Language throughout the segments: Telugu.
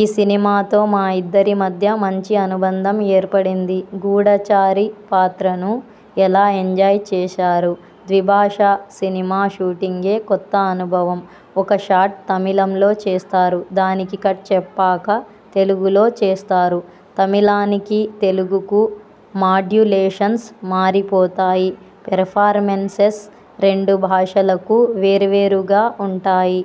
ఈ సినిమాతో మా ఇద్దరి మధ్య మంచి అనుబంధం ఏర్పడింది. గూఢచారి పాత్రను ఎలా ఎంజాయ్ చేశారు? ద్విభాషా సినిమా షూటింగే కొత్త అనుభవం. ఒక షాట్ తమిళంలో చేస్తారు. దానికి కట్ చెప్పాక, తెలుగులో చేస్తారు. తమిళానికీ, తెలుగుకూ మాడ్యులేషన్స్ మారిపోతాయి. పెర్ఫార్మెన్సెస్ రెండు భాషలకూ వేర్వేరుగా ఉంటాయి.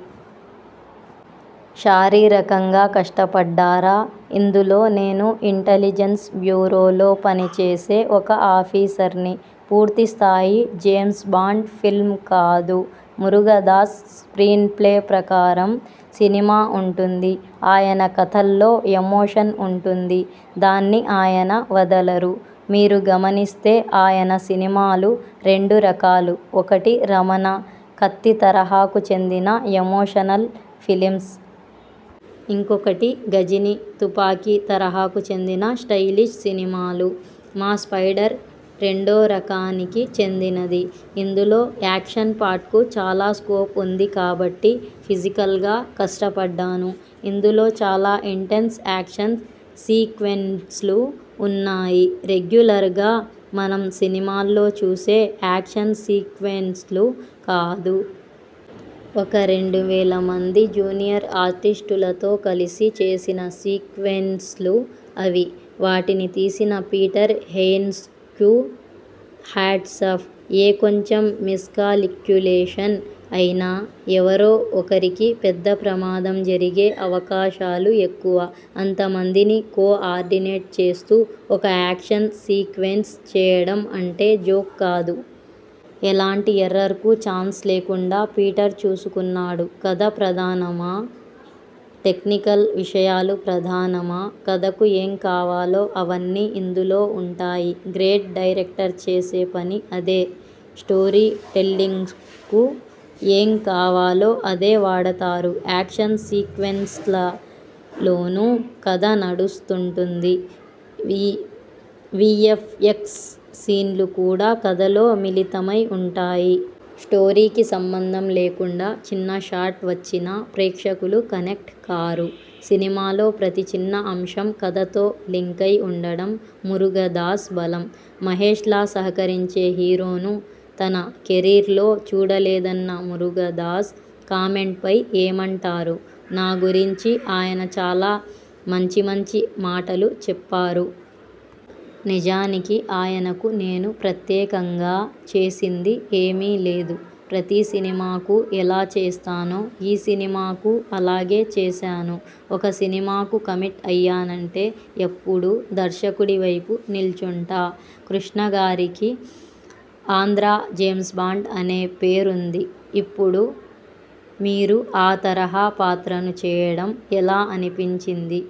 శారీరకంగా కష్టపడ్డారా? ఇందులో నేను ఇంటలిజెన్స్ బ్యూరోలో పనిచేసే ఒక ఆఫీసర్ని. పూర్తి స్థాయి జేమ్స్బాండ్ ఫిల్మ్ కాదు. మురుగదాస్ స్ర్కీన్ప్లే ప్రకారం సినిమా ఉంటుంది. ఆయన కథల్లో ఎమోషన్ ఉంటుంది. దాన్ని ఆయన వదలరు. మీరు గమనిస్తే ఆయన సినిమాలు రెండు రకాలు. ఒకటి 'రమణ', 'కత్తి' తరహాకు చెందిన ఎమోషనల్ ఫిలిమ్స్. ఇంకొకటి 'గజిని', 'తుపాకి' తరహాకు చెందిన స్టయిలిష్ సినిమాలు. మా 'స్పైడర్' రెండో రకానికి చెందినది. ఇందులో యాక్షన్ పార్ట్కు చాలా స్కోప్ ఉంది కాబట్టి ఫిజికల్గా కష్టపడ్డాను. ఇందులో చాలా ఇంటెన్స్ యాక్షన్ సీక్వెన్స్లు ఉన్నాయి. రెగ్యులర్గా మనం సినిమాల్లో చూసే యాక్షన్ సీక్వెన్స్లు కాదు. ఒక రెండు వేల మంది జూనియర్ ఆర్టిస్టులతో కలిసి చేసిన సీక్వెన్స్లు అవి. వాటిని తీసిన పీటర్ హెయిన్స్కు హ్యాట్సాఫ్! ఏ కొంచెం మిస్కాలిక్యులేషన్ అయినా ఎవరో ఒకరికి పెద్ద ప్రమాదం జరిగే అవకాశాలు ఎక్కువ. అంతమందిని కో-ఆర్డినేట్ చేస్తూ ఒక యాక్షన్ సీక్వెన్స్ చేయడం అంటే జోక్ కాదు. ఎలాంటి ఎర్రర్కూ ఛాన్స్ లేకుండా పీటర్ చూసుకున్నాడు. కథ ప్రధానమా? టెక్నికల్ విషయాలు ప్రధానమా? కథకు ఏం కావాలో అవన్నీ ఇందులో ఉంటాయి. గ్రేట్ డైరెక్టర్ చేసే పని అదే. స్టోరీ టెల్లింగ్కు ఏం కావాలో అదే వాడతారు. యాక్షన్ సీక్వెన్స్లలోనూ కథ నడుస్తుంటుంది. వీఎ్ఫఎక్స్ సీన్లు కూడా కథలో మిళితమై ఉంటాయి. స్టోరీకి సంబంధం లేకుండా చిన్న షాట్ వచ్చినా ప్రేక్షకులు కనెక్ట్ కారు. సినిమాలో ప్రతి చిన్న అంశం కథతో లింకై ఉండటం మురుగదాస్ బలం. మహేశ్లా సహకరించే హీరోను తన కెరీర్లో చూడలేదన్న మురుగదాస్ కామెంట్పై ఏమంటారు? నా గురించి ఆయన చాలా మంచి మంచి మాటలు చెప్పారు. నిజానికి ఆయనకు నేను ప్రత్యేకంగా చేసింది ఏమీ లేదు. ప్రతి సినిమాకూ ఎలా చేస్తానో ఈ సినిమాకూ అలాగే చేశాను. ఒక సినిమాకు కమిట్ అయ్యానంటే ఎప్పుడూ దర్శకుడి వైపు నిల్చుంటా! కృష్ణగారికి 'ఆంధ్రా జేమ్స్బాండ్' అనే పేరుంది. ఇప్పుడు మీరు ఆ తరహా పాత్రను చేయడం ఎలా అనిపించింది?